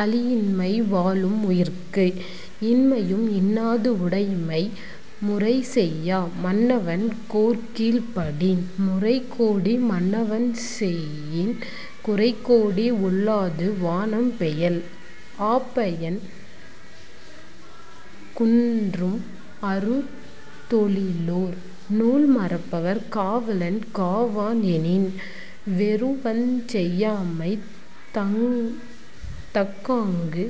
அளியின்மை வாழும் உயிர்க்கு. இன்மையின் இன்னாது உடைமை முறைசெய்யா மன்னவன் கோற்கீழ்ப் படின். முறைகோடி மன்னவன் செய்யின் உறைகோடி ஒல்லாது வானம் பெயல். ஆபயன் குன்றும் அறுதொழிலோர் நூல்மறப்பர் காவலன் காவான் எனின். வெருவந்தசெய்யாமை தக்காங்கு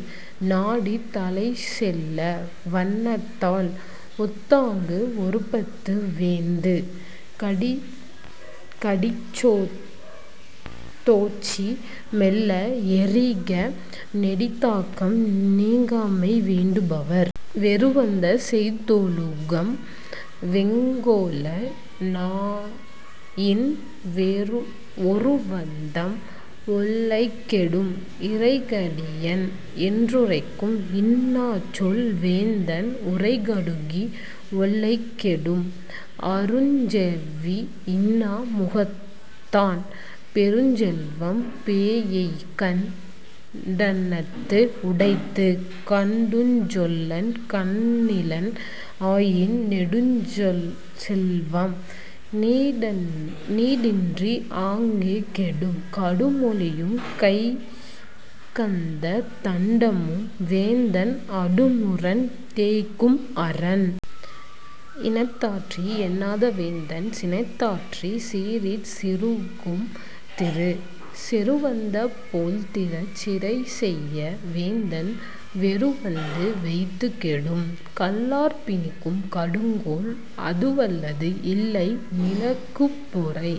நாடித் தலைச்செல்லா வண்ணத்தால் ஒத்தாங்கு ஒறுப்பது வேந்து. கடிச்சி மெல்ல எறிக நெடிதாக்கம் நீங்காமை வேண்டு பவர். வெருவந்த செய்தொழுகும் வெங்கோல னாயின் ஒருவந்தம் ஒல்லைக் கெடும். இறைகடியன் என்றுரைக்கும் இன்னாச்சொல் வேந்தன் உறைகடுகி ஒல்லைக் கெடும். அருஞ்செவ்வி இன்னா முகத்தான் பெருஞ்செல்வம் பேஎய்கண் டன்னது உடைத்து. கடுஞ்சொல்லன் கண்ணிலன் ஆயின் நெடுஞ்செல்வம் நீடின்றி ஆங்கே கெடும். கடுமொழியும் கையிகந்த தண்டமும் வேந்தன் அடுமுரண் தேய்க்கும் அரம். இனத்தாற்றி எண்ணாத வேந்தன் சினத்தாற்றிச் சீறிற் சிறுகும் திரு. செருவந்த போழ்திற் சிறைசெய்ய வேந்தன் வெருவந்து வெய்து கெடும். கல்லார்ப் பிணிக்கும் கடுங்கோல் அதுவல்லது இல்லை நிலக்குப் பொறை.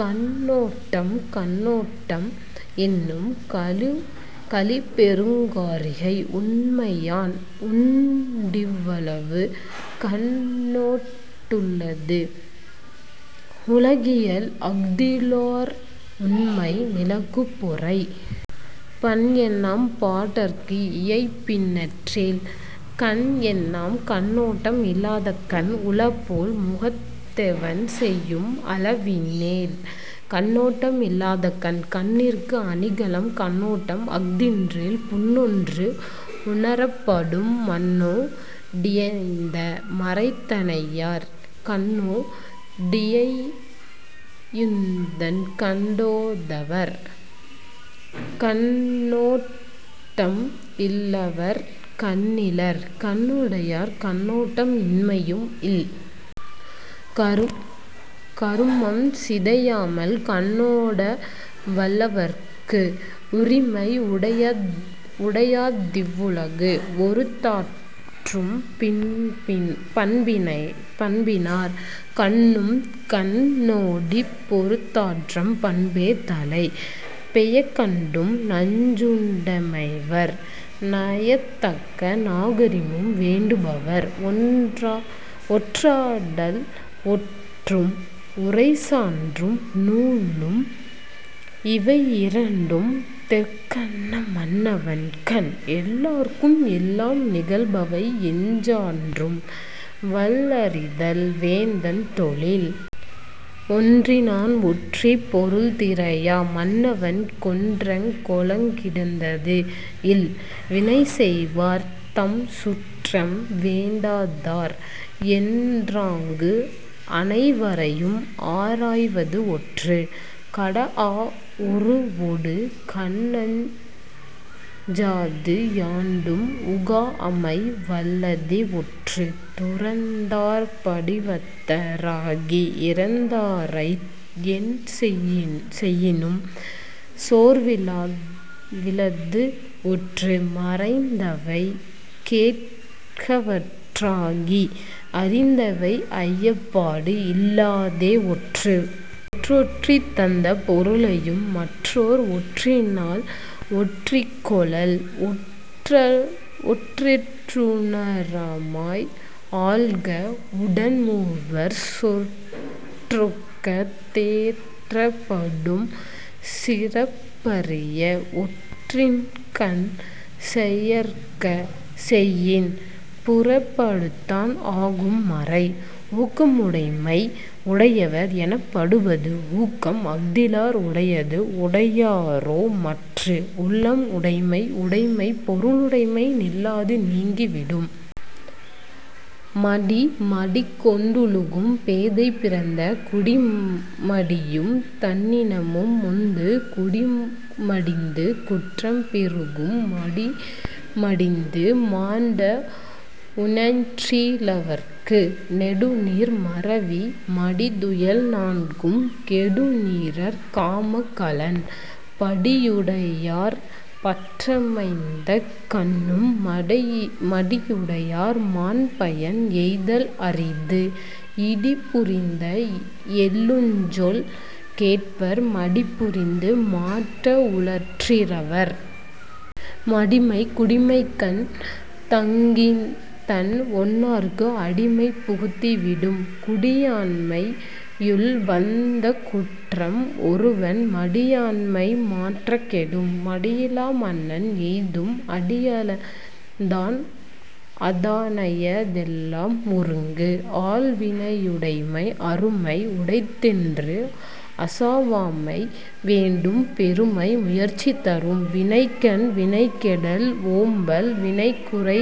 கண்ணோட் டம் கண்ணோட்டம் என்னும் கழிபெருங் காரிகை உண்மையான் உண்டிவ் வுலகு. கண்ணோட்டத் துள்ளது உலகியல் அஃதிலார் உண்மை நிலக்குப் பொறை. பண்என்னாம் பாடற்கு இயைபின்றேல் கண்என்னாம் கண்ணோட்டம் இல்லாத கண். உளபோல் முகத்தெவன் செய்யும் அளவினேன் கண்ணோட்டம் இல்லாத கண். கண்ணிற்கு அணிகலம் கண்ணோட்டம் அஃதின்றேல் புண்ணென்று உணரப் படும் மண்ணோ டியைந்த மரத்தனையர் கண்ணோ டியைந்துகண் ணோடா தவர். கண்ணோட் டம் இல்லவர் கண்ணிலர் கண்ணுடையார் கண்ணோட்டம் இன்மையும் இல். கருமம் சிதையாமல் கண்ணோட வல்லவர்க்கு உரிமை உடைத்திவ் வுலகு. ஒறுத்தாற்றும் பண்பினார் கண்ணும்கண் ணோடிப் பொறுத்தாற்றும் பண்பே தலை. பெயக்கண்டும் நஞ்சுண் டமைவர் நயத்தக்க நாகரிகம் வேண்டு பவர். ஒற்றாடல் ஒற்றும் உரைசான்டுரூம் நூலும் இவையிரண்டும் தெற்றென்க மன்னவன் கண். எல்லார்க்கும் எல்லாம் நிகழ்பவை எஞ்ஞான்றும் வல்லறிதல் வேந்தன் தொழில். ஒற்றினான் ஒற்றிப் பொருள்தெரியா மன்னவன் கொற்றங் கொளக்கிடந்தது இல். வினைசெய்வார் தம்சுற்றம் வேண்டாதார் என்றாங்கு அனைவரையும் ஆராய்வது ஒற்று. கடாஅ உருவொடு கண்ணஞ்சாது யாண்டும் உகாஅமை வல்லதே ஒற்று. துறந்தார் படிவத்த ராகி இறந்தாராய்ந்து என்செயினும் சோர்விலது ஒற்று. மறைந்தவை கேட்கவற் றாகி அறிந்தவை ஐயப்பாடு இல்லதே ஒற்று. ஒற்றொற்றித் தந்த பொருளையும் மற்றுமோர் ஒற்றினால் ஒற்றிக் கொளல். ஒற்றெற் றுணராமை ஆள்க உடன்மூவர் சொற்றொக்க தேட்றப் படும். சிறப்பறிய ஒற்றின்கண் செய்யற்க செய்யின் புறப்படுத்தான் ஆகும் மறை. ஊக்கமுடைமை உடையவர் எனப்படுவது ஊக்கம் அஃ தில்லார் உடையது உடையரோ மற்று. உள்ளம் உடைமை உடைமை பொருளுடைமை நில்லாது நீங்கி விடும். மடிமடிக் கொண்டொழுகும் பேதை பிறந்த குடிமடியும் தனியென்னும் முந்து. குடிமடிந்து குற்றம் பெருகும் மடிமடிந்து மாண்ட உஞற்றி லவர்க்கு. நெடுநீர் மறவி மடிதுயல் நான்கும் கெடுநீரார் காமக் கலன். படியுடையார் பற்றமைந்தக் கண்ணும் மடியுடையார் மாண்பயன் எய்தல் அரிது. இடிபுரிந்து எள்ளுஞ் சொல் கேட்பர் மடிபுரிந்து மாண்ட உஞற்றி லவர். மடிமை குடிமைக்கண் தங்கின்தன் ஒன்னார்க்கு அடிமை புகுத்தி விடும். குடியாண்மை யுள்வந்த குற்றம் ஒருவன் மடியாண்மை மாற்றக் கெடும். மடியிலா மன்னவன் எய்தும் அடியளந்தான் தாஅய தெல்லாம் ஒருங்கு. ஆள்வினையுடைமை அருமை உடைத்தென்று அசாவாமை வேண்டும் பெருமை முயற்சி தரும். வினைக்கண் வினைகெடல் ஓம்பல் வினைக்குறை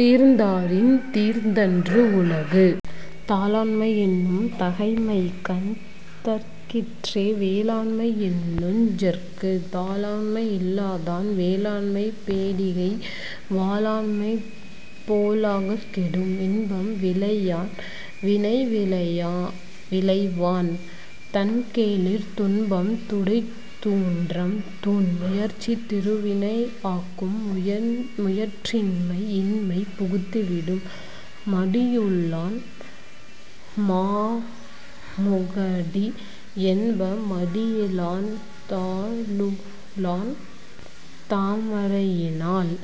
தீர்ந்தாரின் தீர்ந்தன்று உலகு. தாளாண்மை என்னும் தகைமைக்கண் தங்கிற்றே வேளாண்மை என்னுஞ் செருக்கு. தாளாண்மை இல்லாதான் வேளாண்மை பேடிகை வாளாண்மை போலங்கு கெடும். இன்பம் விழையான் வினைவிழைவான் தன்கேளிர் துன்பம் துடைத்தூன்றும் தூண். முயற்சி திருவினை ஆக்கும் முயற்றின்மை இன்மை புகுத்தி விடும். மடியுளாள் மாமுகடி என்ப மடியிலான் தாளுளான் தாமரையி னாள்.।